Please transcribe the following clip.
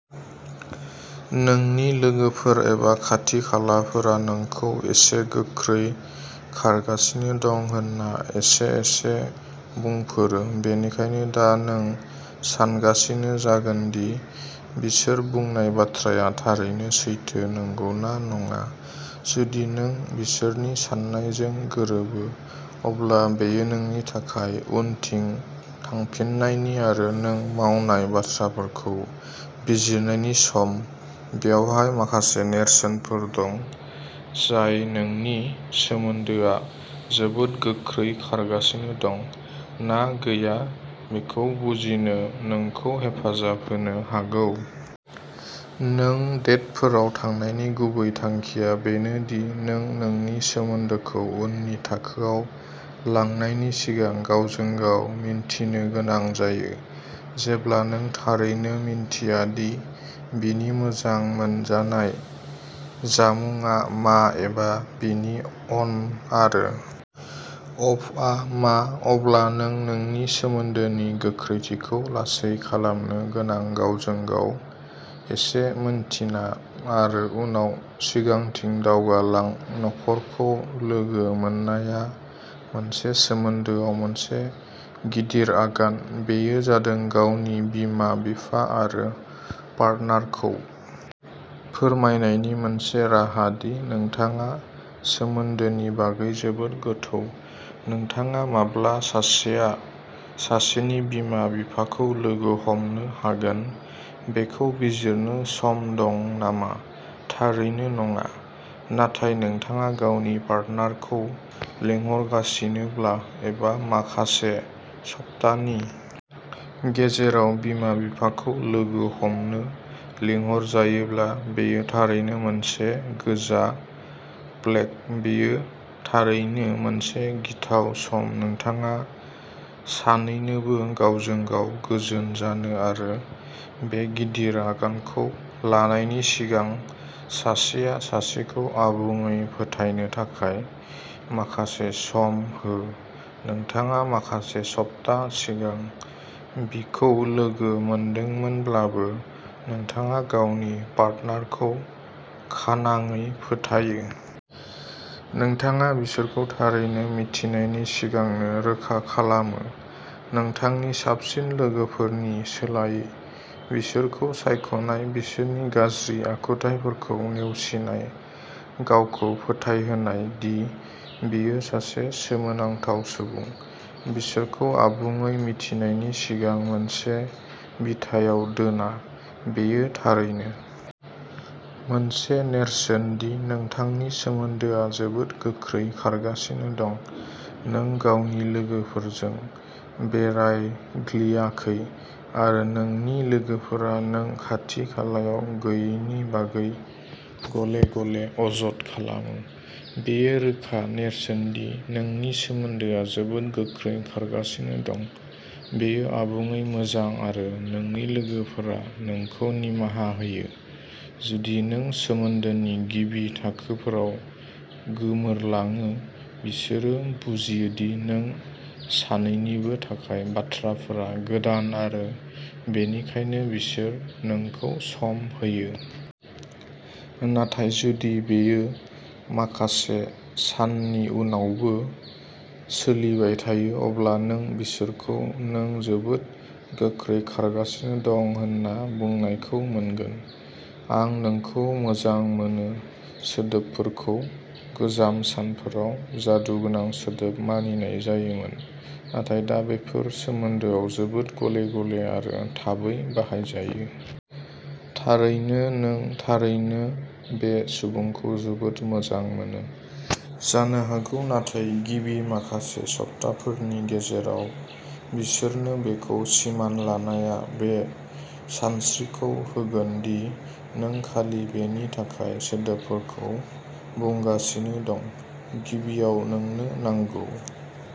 नोंनि लोगोफोर एबा खाथि खालाफोरा नोंखौ एसे गोख्रै खारगासिनो दं होन्ना एसे एसे बुंफोरो बेनिखायनो दा नों सानगासिनो जागोन दि बिसोर बुंनाय बाथ्राया थारैनो सैथो नंगौना नङा जुदि नों बिसोरनि साननायजों गोरोबो अब्ला बेयो नोंनि थाखाय उनथिं थांफिननायनि आरो नों मावनाय बाथ्राफोरखौ बिजिरनायनि सम बेवहाय माखासे नेरसोनफोर दं जाय नोंनि सोमोन्दोआ जोबोद गोख्रै खारगासिनो दं ना गैया बेखौ बुजिनो नोंखौ हेफाजाब होनो हागौ। नों डेटफोराव थांनायनि गुबै थांखिया बेनो दि नों नोंनि सोमोन्दोखौ उननि थाखोआव लांनायनि सिगां गावजों गाव मिन्थिनो गोनां जायो जेब्ला नों थारैनो मिन्थिया दि बिनि मोजां मोनजानाय जामुंआ मा एबा बिनि अन आरो अफआ मा अब्ला नों नोंनि सोमोन्दोनि गोख्रैथिखौ लासै खालामनो गोनां गावजों गाव एसे मिन्थिना आरो उनाव सिगांथिं दावगालां नखरखौ लोगो मोननाया मोनसे सोमोन्दोआव मोनसे गिदिर आगान बेयो जादों गावनि बिमा बिफा आरो पार्टनारखौ फोरमायनायनि मोनसे राहा दि नोंथाङा सोमोन्दोनि बागै जोबोद गोथौ नोंथाङा माब्ला सासेया सासेनि बिमा बिफाखौ लोगो हमनो हागोन बेखौ बिजिरनो सम दं नामा थारैनो नङा नाथाय नोंथाङा गावनि पार्टनारखौ लिंहरगासिनोब्ला एबा माखासे सप्तानि गेजेराव बिमा बिफाखौ लोगो हमनो लिंहरजायोब्ला बेयो थारैनो मोनसे गोजा प्लेग बेयो थारैनो मोनसे गिथाव सम नोंथाङा सानैनोबो गावजों गाव गोजोन जानो आरो बे गिदिर आगानखौ लानायनि सिगां सासेया सासेखौ आबुङै फोथायनो थाखाय माखासे सम हो नोंथाङा माखासे सप्ता सिगां बिखौ लोगो मोनदोंमोनब्लाबो नोंथाङा गावनि पार्टनारखौ खानाङै फोथायो। नोंथाङा बिसोरखौ थारैनो मिथिनायनि सिगांनो रोखा खालामो नोंथांनि साबसिन लोगोफोरनि सोलायै बिसोरखौ सायख'नाय बिसोरनि गाज्रि आखुथाइफोरखौ नेवसिनाय गावखौ फोथायहोनाय दि बियो सासे सोमोनांथाव सुबुं बिसोरखौ आबुङै मिथिनायनि सिगां मोनसे बिथायाव दोना बेयो थारैनो मोनसे नेरसोन दि नोंथांनि सोमोन्दोआ जोबोद गोख्रै खारगासिनो दं नों गावनि लोगोफोरजों बेरायग्लियाखै आरो नोंनि लोगोफोरा नों खाथि खालायाव गैयैनि बागै गले गले अजद खालामो बेयो रोखा नेरसोन दि नोंनि सोमोन्दोआ जोबोद गोख्रै खारगासिनो दं बेयो आबुङै मोजां आरो नोंनि लोगोफोरा नोंखौ निमाहा होयो जुदि नों सोमोन्दोनि गिबि थाखोफोराव गोमोरलाङो बिसोरो बुजियो दि नों सानैनिबो थाखाय बाथ्राफोरा गोदान आरो बेनिखायनो बिसोर नोंखौ सम होयो। नाथाय जुदि बेयो माखासे साननि उनावबो सोलिबाय थायो अब्ला नों बिसोरखौ नों जोबोद गोख्रै खारगासिनो दं होनना बुंनायखौ मोनगोन। आं नोंखौ मोजां मोनो सोदोबफोरखौ गोजाम सानफोराव जादुगोनां सोदोब मानिनाय जायोमोन नाथाय दा बेफोर सोमोन्दोआव जोबोद गले गले आरो थाबै बाहायजायो। थारैनो नों थारैनो बे सुबुंखौ जोबोद मोजां मोनो जानो हागौ नाथाय गिबि माखासे सप्ताफोरनि गेजेराव बिसोरनो बेखौ सिमान लानाया बे सानस्रिखौ होगोन दि नों खालि बेनि थाखाय सोदोबफोरखौ बुंगासिनो दं गिबियाव नोंनो नांगौ।